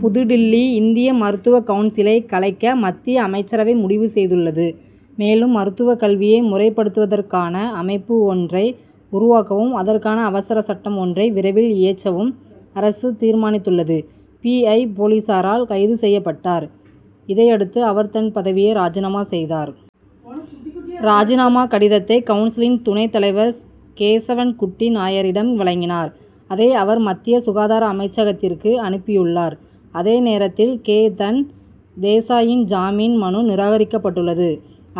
புதுடில்லி இந்திய மருத்துவக் கவுன்சிலை கலைக்க மத்திய அமைச்சரவை முடிவு செய்துள்ளது. மேலும் மருத்துவக் கல்வியை முறைப்படுத்துவதற்கான அமைப்பு ஒன்றை உருவாக்கவும் அதற்கான அவசரச் சட்டம் ஒன்றை விரைவில் இயற்றவும் அரசு தீர்மானித்துள்ளது. பி. ஐ. போலீசாரால் கைது செய்யப்பட்டார். இதையடுத்து அவர் தன் பதவியை ராஜினாமா செய்தார். ராஜினாமா கடிதத்தை கவுன்சிலின் துணைத் தலைவர் கேசவன்குட்டி நாயரிடம் வழங்கினார். அதை அவர் மத்திய சுகாதார அமைச்சகத்திற்கு அனுப்பியுள்ளார். அதே நேரத்தில் கேதன் தேசாயின் ஜாமீன் மனு நிராகரிக்கப்பட்டுள்ளது.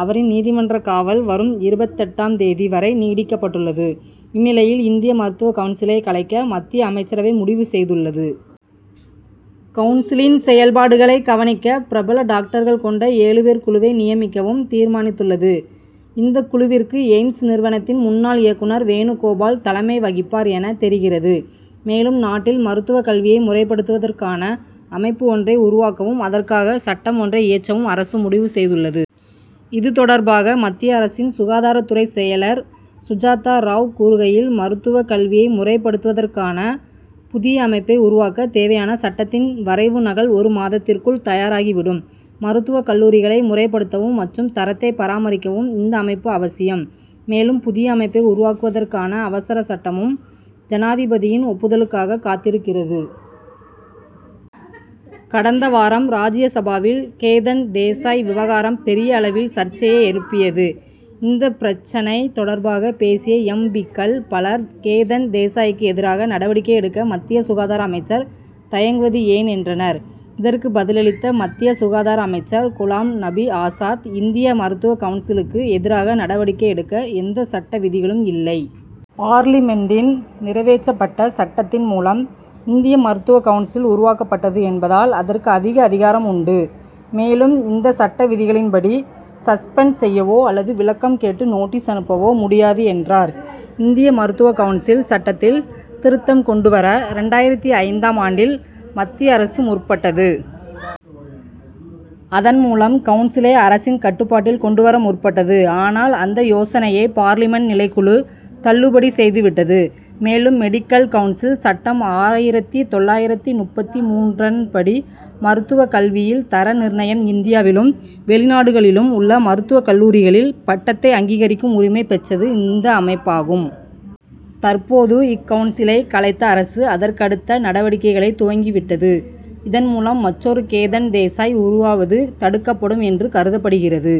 அவரின் நீதிமன்றக் காவல் வரும் இருபத்தெட்டாம் தேதி வரை நீட்டிக்கப்பட்டுள்ளது. இந்நிலையில் இந்திய மருத்துவக் கவுன்சிலை கலைக்க மத்திய அமைச்சரவை முடிவு செய்துள்ளது. கவுன்சிலின் செயல்பாடுகளைக் கவனிக்க பிரபல டாக்டர்கள் கொண்ட ஏழு பேர் குழுவை நியமிக்கவும் தீர்மானித்துள்ளது. இந்தக் குழுவிற்கு எய்ம்ஸ் நிறுவனத்தின் முன்னாள் இயக்குனர் வேணுகோபால் தலைமை வகிப்பார் என தெரிகிறது. மேலும் நாட்டில் மருத்துவக் கல்வியை முறைப்படுத்துவதற்கான அமைப்பு ஒன்றை உருவாக்கவும் அதற்காக சட்டம் ஒன்றை இயற்றவும் அரசு முடிவு செய்துள்ளது. இது தொடர்பாக மத்திய அரசின் சுகாதாரத் துறைச் செயலர் சுஜாதா ராவ் கூறுகையில் மருத்துவக் கல்வியை முறைப்படுவதற்கான புதிய அமைப்பை உருவாக்கத் தேவையான சட்டத்தின் வரைவு நகல் ஒரு மாதத்திற்குள் தயாராகிவிடும். மருத்துவக் கல்லூரிகளை முறைப்படுத்தவும் மற்றும் தரத்தை பராமரிக்கவும் இந்த அமைப்பு அவசியம். மேலும் புதிய அமைப்பை உருவாக்குவதற்கான அவசர சட்டமும் ஜனாதிபதியின் ஒப்புதலுக்காக காத்திருக்கிறது. கடந்த வாரம் ராஜ்ய சபாவில் கேதன் தேசாய் விவகாரம் பெரிய அளவில் சர்ச்சையை எழுப்பியது. இந்தப் பிரச்னை தொடர்பாக பேசிய எம். பி.க்கள் பலர் கேதன் தேசாய்க்கு எதிராக நடவடிக்கை எடுக்க மத்திய சுகாதார அமைச்சர் தயங்குவது ஏன் என்றனர். இதற்கு பதிலளித்த மத்திய சுகாதார அமைச்சர் குலாம் நபி ஆசாத் இந்திய மருத்துவக் கவுன்சிலுக்கு எதிராக நடவடிக்கை எடுக்க எந்த சட்ட விதிகளும் இல்லை. பார்லிமென்டில் நிறைவேற்றப்பட்ட சட்டத்தின் மூலம் இந்திய மருத்துவக் கவுன்சில் உருவாக்கப்பட்டது என்பதால் அதற்கு அதிக அதிகாரம் உண்டு. மேலும் இந்த சட்ட விதிகளின்படி சஸ்பெண்ட் செய்யவோ அல்லது விளக்கம் கேட்டு நோட்டீஸ் அனுப்பவோ முடியாது என்றார். இந்திய மருத்துவக் கவுன்சில் சட்டத்தில் திருத்தம் கொண்டு வர இரண்டாயிரத்து ஐந்தாம் ஆண்டில் மத்திய அரசு முற்பட்டது. அதன் மூலம் கவுன்சிலை அரசின் கட்டுப்பாட்டில் கொண்டு வர முற்பட்டது. ஆனால் அந்த யோசனையை பார்லிமென்ட் நிலைக்குழு தள்ளுபடி செய்துவிட்டது. மேலும் மெடிக்கல் கவுன்சில் சட்டம் ஆயிரத்து தொள்ளாயிரத்து முப்பத்து மூன்றன்படி மருத்துவக் கல்வியில் தர நிர்ணயம் இந்தியாவிலும் வெளிநாடுகளிலும் உள்ள மருத்துவக் கல்லூரிகளில் பட்டத்தை அங்கீகரிக்கும் உரிமை பெற்றது இந்த அமைப்பாகும். தற்போது இக்கவுன்சிலை கலைத்த அரசு அதற்கடுத்த நடவடிக்கைகளை துவக்கிவிட்டது. இதன் மூலம் மற்றொரு கேதன் தேசாய் உருவாவது தடுக்கப்படும் என்று கருதப்படுகிறது.